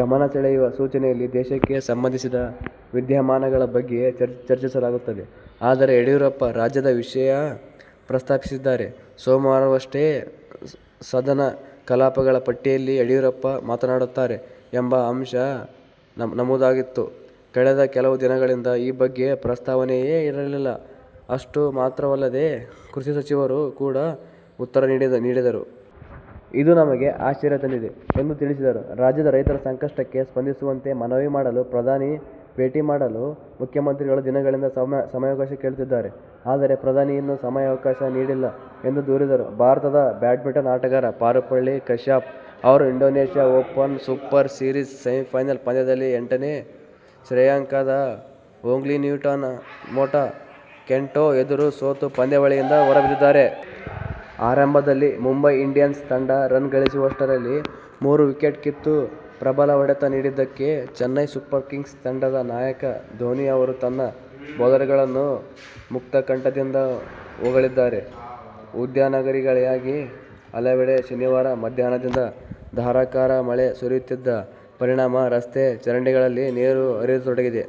ಗಮನ ಸೆಳೆಯುವ ಸೂಚನೆಯಲ್ಲಿ ದೇಶಕ್ಕೆ ಸಂಬಂಧಿಸಿದ ವಿದ್ಯಮಾನಗಳ ಬಗ್ಗೆ ಚರ್ಚಿಸಲಾಗುತ್ತದೆ. ಆದರೆ ಯಡಿಯೂರಪ್ಪ ರಾಜ್ಯದ ವಿಷಯ ಪ್ರಸ್ತಾಪಿಸಿದ್ದಾರೆ. ಸೋಮವಾರವಷ್ಟೆ ಸದನ ಕಲಾಪಗಳ ಪಟ್ಟಿಯಲ್ಲಿ ಯಡಿಯೂರಪ್ಪ ಮಾತನಾಡುತ್ತಾರೆ ಎಂಬ ಅಂಶ ನಮೂದಾಗಿತ್ತು. ಕಳೆದ ಕೆಲವು ದಿನಗಳಿಂದ ಈ ಬಗ್ಗೆ ಪ್ರಸ್ತಾವನೆಯೇ ಇರಲಿಲ್ಲ. ಅಷ್ಟು ಮಾತ್ರವಲ್ಲದೆ ಕೃಷಿ ಸಚಿವರು ಕೂಡ ಉತ್ತರ ನೀಡಿದರು. ಇದು ನಮಗೆ ಅಶ್ಚರ್ಯ ತಂದಿದೆ ಎಂದು ತಿಳಿಸಿದರು. ರಾಜ್ಯದ ರೈತರ ಸಂಕಷ್ಟಕ್ಕೆ ಸ್ಪಂದಿಸುವಂತೆ ಮನವಿ ಮಾಡಲು ಪ್ರಧಾನಿ ಭೇಟಿ ಮಾಡಲು ಮುಖ್ಯಮಂತ್ರಿಗಳು ದಿನಗಳಿಂದ ಸಮಯವಕಾಶ ಕೇಳುತ್ತಿದ್ದಾರೆ. ಆದರೆ ಪ್ರಧಾನಿ ಇನ್ನೂ ಸಮಯ ಆವಕಾಶ ನೀಡಿಲ್ಲ ಎಂದು ದೂರಿದರು. ಭಾರತದ ಬ್ಯಾಡ್ಮಿಂಟನ್ ಆಟಗಾರ ಪಾರುಪಳ್ಳಿ ಕಶ್ಯಪ್ ಅವರು Indonesia open super series semifinal ಪಂದ್ಯದಲ್ಲಿ ಎಂಟನೆ ಶ್ರೇಯಾಂಕದ ಮೊಗ್ಪಿನ್ಯುಮೋಟ ಕೆಂಟೊ ಎದುರು ಸೋತು ಪಂದ್ಯಾವಳಿಯಿಂದ ಹೊರಬಿದ್ದಿದ್ದಾರೆ. ಆರಂಭದಲ್ಲಿ ಮುಂಬೈ ಇಂಡಿಯನ್ಸ್ ತಂಡ ರನ್ ಗಳಿಸುವಷ್ಟರಲ್ಲಿ ಮೂರು ವಿಕೆಟ್ ಕಿತ್ತು ಪ್ರಬಲ ಹೊಡೆತ ನೀಡಿದ್ದಕ್ಕೆ ಚೆನ್ನೈ ಸೂಪರ್ ಕಿಂಗ್ಸ್ ತಂಡದ ನಾಯಕ ಧೋನಿ ಅವರು ತನ್ನ ಬೌಲರ್ಗಳನ್ನು ಮುಕ್ತಕಂಠದಿಂದ ಹೊಗಳಿದ್ದಾರೆ. ಉದ್ಯಾನನಗರಿಯ ಹಲವೆಡೆ ಶನಿವಾರ ಮಧ್ಯಾಹ್ನದಿಂದ ಧಾರಾಕಾರ ಮಳೆ ಸುರಿಯುತ್ತಿದ್ದ ಪರಿಣಾಮ ರಸ್ತೆ, ಚರಂಡಿಗಳಲ್ಲಿ ನೀರು ಹರಿಯತೊಡಗಿದೆ.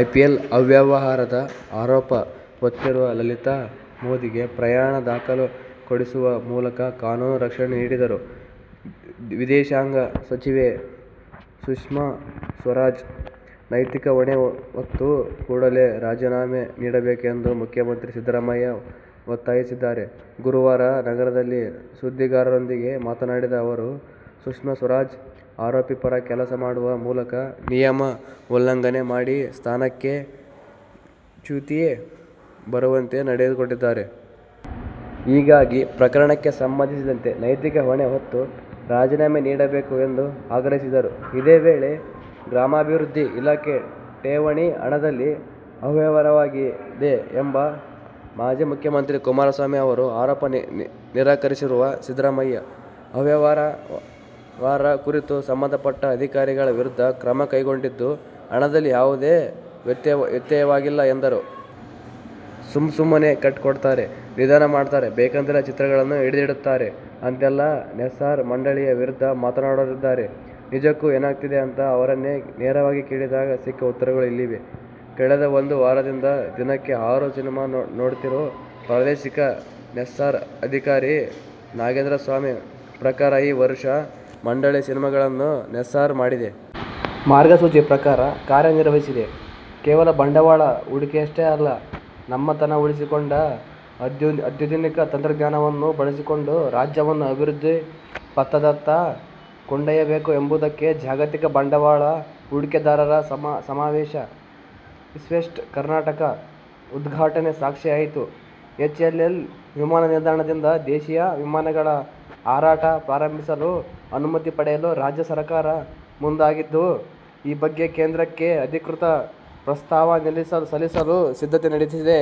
ಐಪಿಎಲ್ ಅವ್ಯವಹಾರದ ಆರೋಪ ಹೊತ್ತಿರುವ ಲಲಿತ್ ಮೋದಿಗೆ ಪ್ರಯಾಣ ದಾಖಲೆ ಕೊಡಿಸುವ ಮೂಲಕ ಕಾನೂನು ರಕ್ಷಣೆ ನೀಡಿರುವ ವಿದೇಶಾಂಗ ಸಚಿವೆ ಸುಷ್ಮಾ ಸ್ವರಾಜ್ ನೈತಿಕ ಹೊಣೆ ಹೊತ್ತು ಕೂಡಲೇ ರಾಜೀನಾಮೆ ನೀಡಬೇಕು ಎಂದು ಮುಖ್ಯಮಂತ್ರಿ ಸಿದ್ದರಾಮಯ್ಯ ಒತ್ತಾಯಿಸಿದ್ದಾರೆ. ಗುರುವಾರ ನಗರದಲ್ಲಿ ಸುದ್ದಿಗಾರರೊಂದಿಗೆ ಮಾತನಾಡಿದ ಅವರು, ಸುಷ್ಮಾ ಸ್ವರಾಜ್ ಆರೋಪಿ ಪರ ಕೆಲಸ ಮಾಡುವ ಮೂಲಕ ನಿಯಮ ಉಲ್ಲಂಘನೆ ಮಾಡಿ ಸ್ಥಾನಕ್ಕೆ ಚ್ಯುತಿ ಬರುವಂತೆ ನಡೆದುಕೊಂಡಿದ್ದಾರೆ. ಹೀಗಾಗಿ, ಪ್ರಕರಣಕ್ಕೆ ಸಂಬಂಧಿಸಿದಂತೆ ನೈತಿಕ ಹೊಣೆ ಹೊತ್ತು ರಾಜೀನಾಮೆ ನೀಡಬೇಕು ಎಂದು ಆಗ್ರಹಿಸಿದರು. ಇದೇ ವೇಳೆ ಗ್ರಾಮೀಣಾಭಿವೃದ್ಧಿ ಇಲಾಖೆ ಠೇವಣಿ ಹಣದಲ್ಲಿ ಅವ್ಯವಹಾರವಾಗಿದೆ ಎಂಬ ಮಾಜಿ ಮುಖ್ಯಮಂತ್ರಿ ಕುಮಾರಸ್ವಾಮಿ ಅವರ ಆರೋಪ ನಿರಾಕರಿಸಿರುವ ಸಿದ್ದರಾಮಯ್ಯ, ಅವ್ಯವಹಾರ ಕುರಿತು ಸಂಬಂಧಪಟ್ಟ ಅಧಿಕಾರಿಗಳ ವಿರುದ್ಧ ಕ್ರಮ ಕೈಗೊಂಡಿದ್ದು ಹಣದಲ್ಲಿ ಯಾವುದೇ ವ್ಯತ್ಯಯವಾಗಿಲ್ಲ ಎಂದರು. ಸುಮು ಸುಮ್ನೆ ಕಟ್ ಕೊಡ್ತಾರೆ. ನಿಧಾನ ಮಾಡ್ತಾರೆ. ಬೇಕಂತಲೇ ಚಿತ್ರಗಳನ್ನು ಹಿಡಿದಿಡುತ್ತಾರೆ ಅಂತೆಲ್ಲ ಸೆನ್ಸಾರ್ ಮಂಡಳಿಯ ವಿರುದ್ದ ಮಾತಾಡೋರಿದ್ದಾರೆ. ನಿಜಕ್ಕೂ ಏನಾಗ್ತಿದೆ ಅಂತ ಅವರನ್ನೇ ನೇರವಾಗಿ ಕೇಳಿದಾಗ ಸಿಕ್ಕ ಉತ್ತರಗಳು ಇಲ್ಲಿವೆ. ಕಳೆದ ಒಂದು ವಾರದಿಂದ ದಿನಕ್ಕೆ ಆರು ಸಿನಿಮಾ ನೋಡ್ತಿರೋ ಪ್ರಾದೇಶಿಕ ಸೆನ್ಸಾರ್ ಅಧಿಕಾರಿ ನಾಗೇಂದ್ರಸ್ವಾಮಿ ಪ್ರಕಾರ ಈ ವರುಷ ಮಂಡಳಿ ಸಿನಿಮಾಗಳನ್ನು ಸೆನ್ಸಾರ್ ಮಾಡಿದೆ. ಮಾರ್ಗಸೂಚಿ ಪ್ರಕಾರ ಕಾರ್ಯ ನಿರ್ವಹಿಸಿದೆ. ಕೇವಲ ಬಂಡವಾಳ ಹೂಡಿಕೆಯಷ್ಟೇ ಅಲ್ಲ, ನಮ್ಮತನ ಉಳಿಸಿಕೊಂಡು ಅತ್ಯಾಧುನಿಕ ತಂತ್ರಜ್ಞಾನವನ್ನೂ ಬಳಸಿಕೊಂಡು ರಾಜ್ಯವನ್ನು ಅಭಿವೃದ್ಧಿ ಪಥದತ್ತ ಕೊಂಡೊಯ್ಯಬೇಕು ಎಂಬುದಕ್ಕೆ ಜಾಗತಿಕ ಬಂಡವಾಳ ಹೂಡಿಕೆದಾರರ ಸಮಾವೇಶ "ಇನ್ವೆಸ್ಟ್ ಕರ್ನಾಟಕ- ' ಉದ್ಘಾಟನೆ ಸಾಕ್ಷಿಯಾಯಿತು. ಎಚ್ಎಎಲ್ ವಿಮಾನ ನಿಲ್ದಾಣ ದಿಂದ ದೇಶೀಯ ವಿಮಾನಗಳ ಹಾರಾಟ ಪ್ರಾರಂಭಿಸಲು ಅನುಮತಿ ಪಡೆಯಲು ರಾಜ್ಯ ಸರಕಾರ ಮುಂದಾಗಿದ್ದು, ಈ ಬಗ್ಗೆ ಕೇಂದ್ರಕ್ಕೆ ಅಧಿಕೃತ ಪ್ರಸ್ತಾವ ಸಲ್ಲಿಸಲು ಸಿದ್ಧತೆ ನಡೆಸಿದೆ.